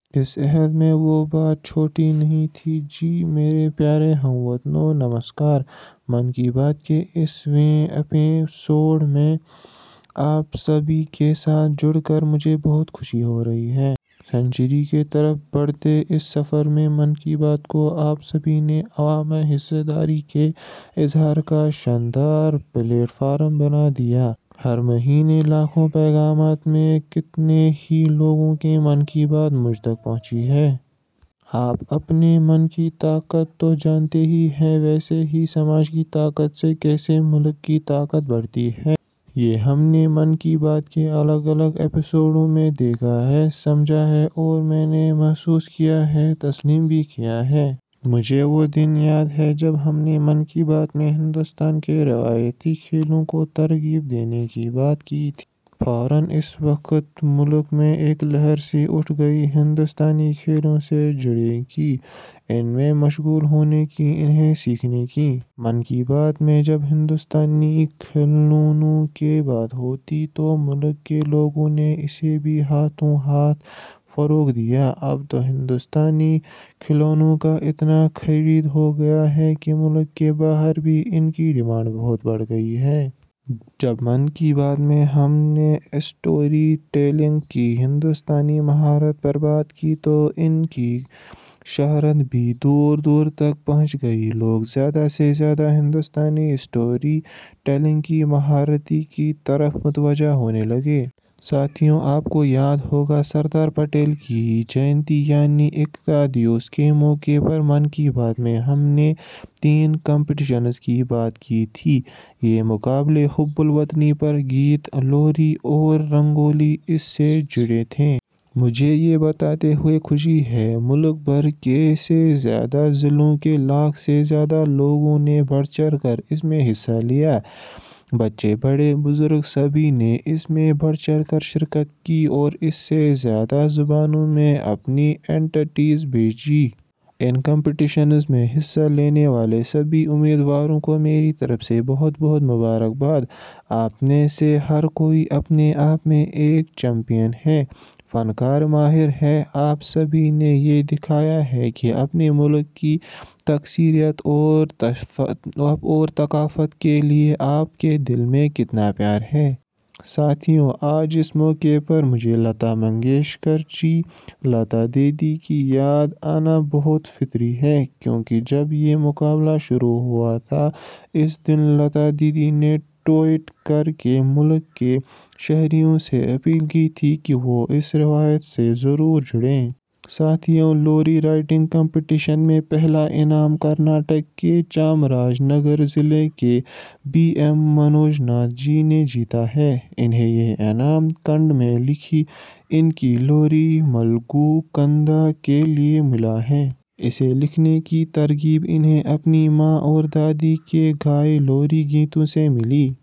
اُس عہد میں وہ بات چھوٹی نہیں تھی ، جی! میرے پیارے ہم وطنو، نمسکار۔ 'من کی بات' کے اس ویں ایپی سوڈ میں آپ سبھی کے ساتھ جڑ کر مجھے بہت خوشی ہو رہی ہے۔ سینچری کی طرف بڑھتے اس سفر میں، 'من کی بات' کو، آپ سبھی نے، عوامی حصہ داری کے اظہار کا شاندار پلیٹ فارم بنا دیا ہے۔ ہر مہینے، لاکھوں پیغامات میں، کتنے ہی لوگوں کے 'من کی بات' مجھ تک پہنچتی ہے۔ آپ، اپنے من کی طاقت تو جانتے ہی ہیں، ویسے ہی، سماج کی طاقت سے کیسے ملک کی طاقت بڑھتی ہے، یہ ہم نے 'من کی بات' کے الگ الگ ایپی سوڈ میں دیکھا ہے، سمجھا ہے، اور میں نے محسوس کیا ہے – تسلیم بھی کیا ہے۔ مجھے وہ دن یاد ہے، جب ہم نے 'من کی بات' میں ہندوستان کے روایتی کھیلوں کو ترغیب دینے کی بات کی تھی۔ فوراً اس وقت ملک میں ایک لہر سی اٹھ گئی ہندوستانی کھیلوں سے جڑنے کی، ان میں مشغول ہونے کی، انہیں سیکھنے کی۔ 'من کی بات' میں، جب ہندوستانی کھلونوں کی بات ہوئی، تو ملک کے لوگوں نے اسے بھی ہاتھوں ہاتھ فروغ دیا۔ اب تو ہندوستانی کھلونوں کا اتنا کریز ہو گیا ہے کہ ملک کے باہر بھی ان کی ڈیمانڈ بہت بڑھ رہی ہے۔ جب 'من کی بات' میں ہم نے اسٹوری ٹیلنگ کی ہندوستانی مہارت پر بات کی، تو ان کی شہرت بھی دور دور تک پہنچ گئی۔ لوگ، زیادہ سے زیادہ ہندوستانی اسٹوری ٹیلنگ کی مہارت کی طرف متوجہ ہونے لگے۔ ساتھیو، آپ کو یاد ہوگا سردار پٹیل کی جینتی یعنی 'ایکتا دیوس' کے موقع پر 'من کی بات' میں ہم نے تین کمپٹیشنز کی بات کی تھی۔ یہ مقابلے حب الوطنی پر 'گیت'، 'لوری' اور 'رنگولی' اس سے جڑی تھیں۔ مجھے، یہ بتاتے ہوئے خوشی ہے، ملک بھر کے سے زیادہ ضلعوں کے لاکھ سے زیادہ لوگوں نے بڑھ چڑھ کر اس میں حصہ لیا ہے۔ بچے، بڑے، بزرگ، سبھی نے، اس میں بڑھ چڑھ کر شرکت کی اور سے زیادہ زبانوں میں اپنی اینٹٹیز بھیجی ہیں۔ ان کمپٹیشنز میں حصہ لینے والے سبھی امیدواروں کو میری طرف سے بہت بہت مبارکباد ہے۔ آپ میں سے ہر کوئی، اپنے آپ میں، ایک چمپئن ہے، فن کا ماہر ہے۔ آپ سبھی نے یہ دکھایا ہے کہ اپنے ملک کی تکثیریت اور ثقافت کے لیے آپ کے دل میں کتنا پیار ہے۔ ساتھیو، آج اس موقع پر مجھے لتا منگیشکر جی، لتا دیدی کی یاد آنا بہت فطری ہے۔ کیوں کہ جب یہ مقابلہ شروع ہوا تھا، اس دن لتا دیدی نے ٹوئٹ کرکے ملک کے شہریوں سے اپیل کی تھی کہ وہ اس روایت سے ضرور جڑیں۔ ساتھیو، لوری رائٹنگ کمپٹیشن میں، پہلا انعام، کرناٹک کے چامراج نگر ضلع کے B M Manjunath ji نے جیتا ہے۔ انہیں یہ انعام کنڑ میں لکھی ان کی لوری 'ملگو کندا' کے لیے ملا ہے۔ اسے لکھنے کی ترغیب انہیں اپنی ماں اور دادی کے گائے لوری گیتوں سے ملی۔